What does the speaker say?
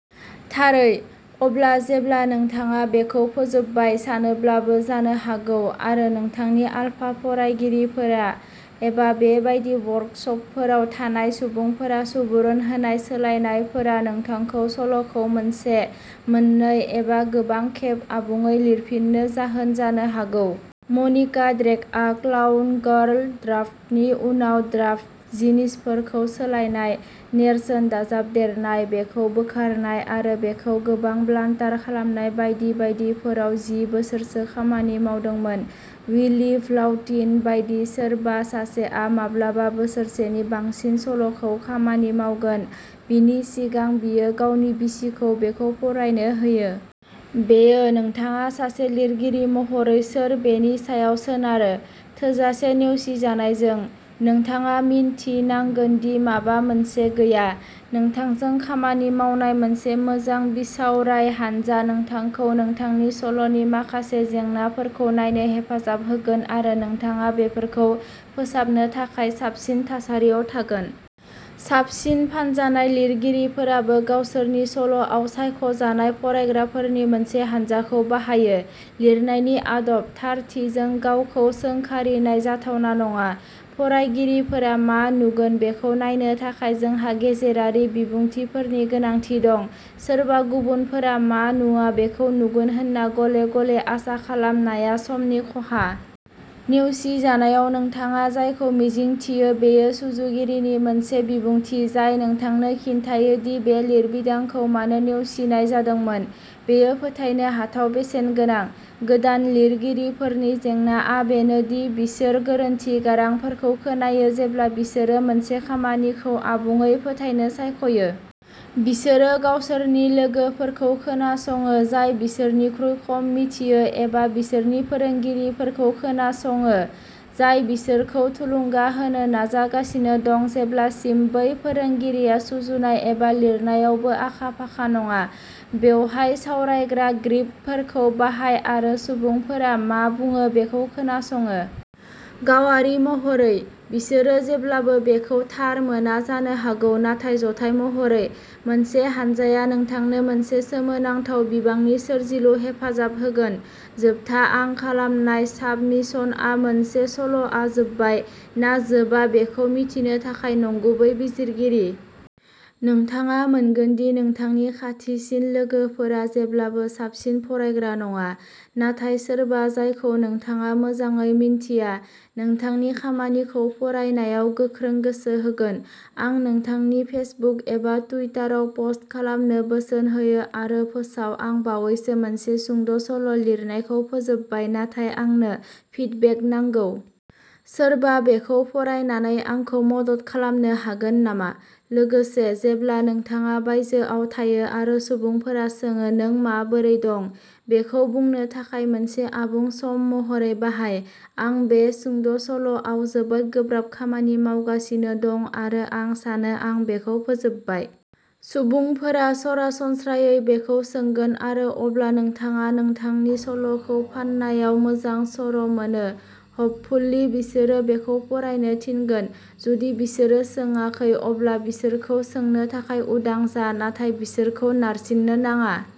थारै अब्ला जेब्ला नोंथाङा बेखौ फोजोबबाय सानोब्लाबो जानो हागौ आरो नोंथांनि आलफा फरायगिरिफोरा एबा बे बायदि वर्कसपफोराव थानाय सुबुंफोरा सुबुरुन होनाय सोलायनायफोरा नोंथांखौ सल'खौ मोनसे मोननै एबा गोबां खेब आबुङै लिरफिननो जाहोन जानो हागौ। मनिका ड्रेकआ क्लाउन गार्ल, ड्राफ्टनि उनाव ड्राफ्ट, जिनिसफोरखौ सोलायनाय, नेरसोन दाजाबदेरनाय, बेखौ बोखारनाय आरो बेखौ गोबां ब्लान्टार खालामनाय बायदि बायदिफोराव जि बोसोरसो खामानि मावदोंमोन। भिली भ्लाउटिन बायदि सोरबा सासेआ माब्लाबा बोसोरसेनि बांसिन सल'खौ खामानि मावगोन, बिनि सिगां बियो गावनि बिसिखौ बेखौ फरायनो होयो। बेयो नोंथाङा सासे लिरगिरि महरै सोर बेनि सायाव सोनारो। थोजासे नेवसिजानायजों, नोंथाङा मिन्थिनांगोन दि माबा मोनसे गैया। नोंथांजों खामानि मावनाय मोनसे मोजां बिसावराय हानजा नोंथांखौ नोंथांनि सल'नि माखासे जेंनाफोरखौ नायनो हेफाजाब होगोन आरो नोंथाङा बेफोरखौ फोसाबनो थाखाय साबसिन थासारियाव थागोन। साबसिन फानजानाय लिरगिरिफोराबो गावसोरनि सल'आव सायख'जानाय फरायग्राफोरनि मोनसे हानजाखौ बाहायो। लिरनायनि आदब। थारथिजों गावखौ सोंखारिनाय जाथावना नङा। फरायगिरिफोरा मा नुगोन बेखौ नायनो थाखाय जोंहा गेजेरारि बिबुंथिफोरनि गोनांथि दं। सोरबा गुबुनफोरा मा नुवा बेखौ नुगोन होनना गले-गले आसा खालामनाया समनि खहा। नेवसिजानायाव नोंथाङा जायखौ मिजिंथियो बेयो सुजुगिरिनि मोनसे बिबुंथि जाय नोंथांनो खिन्थायो दि बे लिरबिदांखौ मानो नेवसिनाय जादोंमोन। बेयो फोथायनो हाथाव बेसेनगोनां। गोदान लिरगिरिफोरनि जेंनाआ बेनो दि बिसोर गोरोन्थि गारांफोरखौ खोनायो जेब्ला बिसोरो मोनसे खामानिखौ आबुङै फोथायनो सायख'यो। बिसोरो गावसोरनि लोगोफोरखौ खोनासङो जाय बिसोरनिख्रुइ खम मिथियो एबा बिसोरनि फोरोंगिरिफोरखौ खोनासङो जाय बिसोरखौ थुलुंगा होनो नाजागासिनो दं जेब्लासिम बै फोरोंगिरिया सुजुनाय एबा लिरनायावबो आखा-फाखा नङा। बेवहाय सावरायग्रा ग्रिपफोरखौ बाहाय आरो सुबुंफोरा मा बुङो बेखौ खोनासङो। गावारि महरै, बिसोरो जेब्लाबो बेखौ थार मोना जानो हागौ, नाथाय जथाय महरै मोनसे हानजाया नोंथांनो मोनसे सोमोनांथाव बिबांनि सोरजिलु हेफाजाब होगोन। जोबथा आं खालामनाय साबमिशनआ मोनसे सल'आ जोबबाय ना जोबा बेखौ मिथिनो थाखाय नंगुबै बिजिरगिरि। नोंथाङा मोनगोन दि नोंथांनि खाथिसिन लोगोफोरा जेब्लाबो साबसिन फरायग्रा नङा, नाथाय सोरबा जायखौ नोंथाङा मोजाङै मिन्थिया, नोंथांनि खामानिखौ फरायनायाव गोख्रों गोसो होगोन। आं नोंथांनि फेसबुक एबा टुइटाराव पस्ट खालामनो बोसोन होयो आरो फोसाव आं बावैसो मोनसे सुंद' सल' लिरनायखौ फोजोबबाय नाथाय आंनो फिडबेक नांगौ। सोरबा बेखौ फरायनानै आंखौ मदद खालामनो हागोन नामा? लोगोसे, जेब्ला नोंथाङा बायजोआव थायो आरो सुबुंफोरा सोङो, नों माबोरै दं? बेखौ बुंनो थाखाय मोनसे आबुं सम महरै बाहाय, आं बे सुंद' सल'आव जोबोद गोब्राब खामानि मावगासिनो दं आरो आं सानो आं बेखौ फोजोबबाय। सुबुंफोरा सरासनस्रायै बेखौ सोंगोन आरो अब्ला नोंथाङा नोंथांनि सल'खौ फान्नायाव मोजां सर'मोनो। हपफुल्लि, बिसोरो बेखौ फरायनो थिनगोन। जुदि बिसोरो सोङाखै अब्ला बिसोरखौ सोंनो थाखाय उदां जा नाथाय बिसोरखौ नारसिननो नाङा।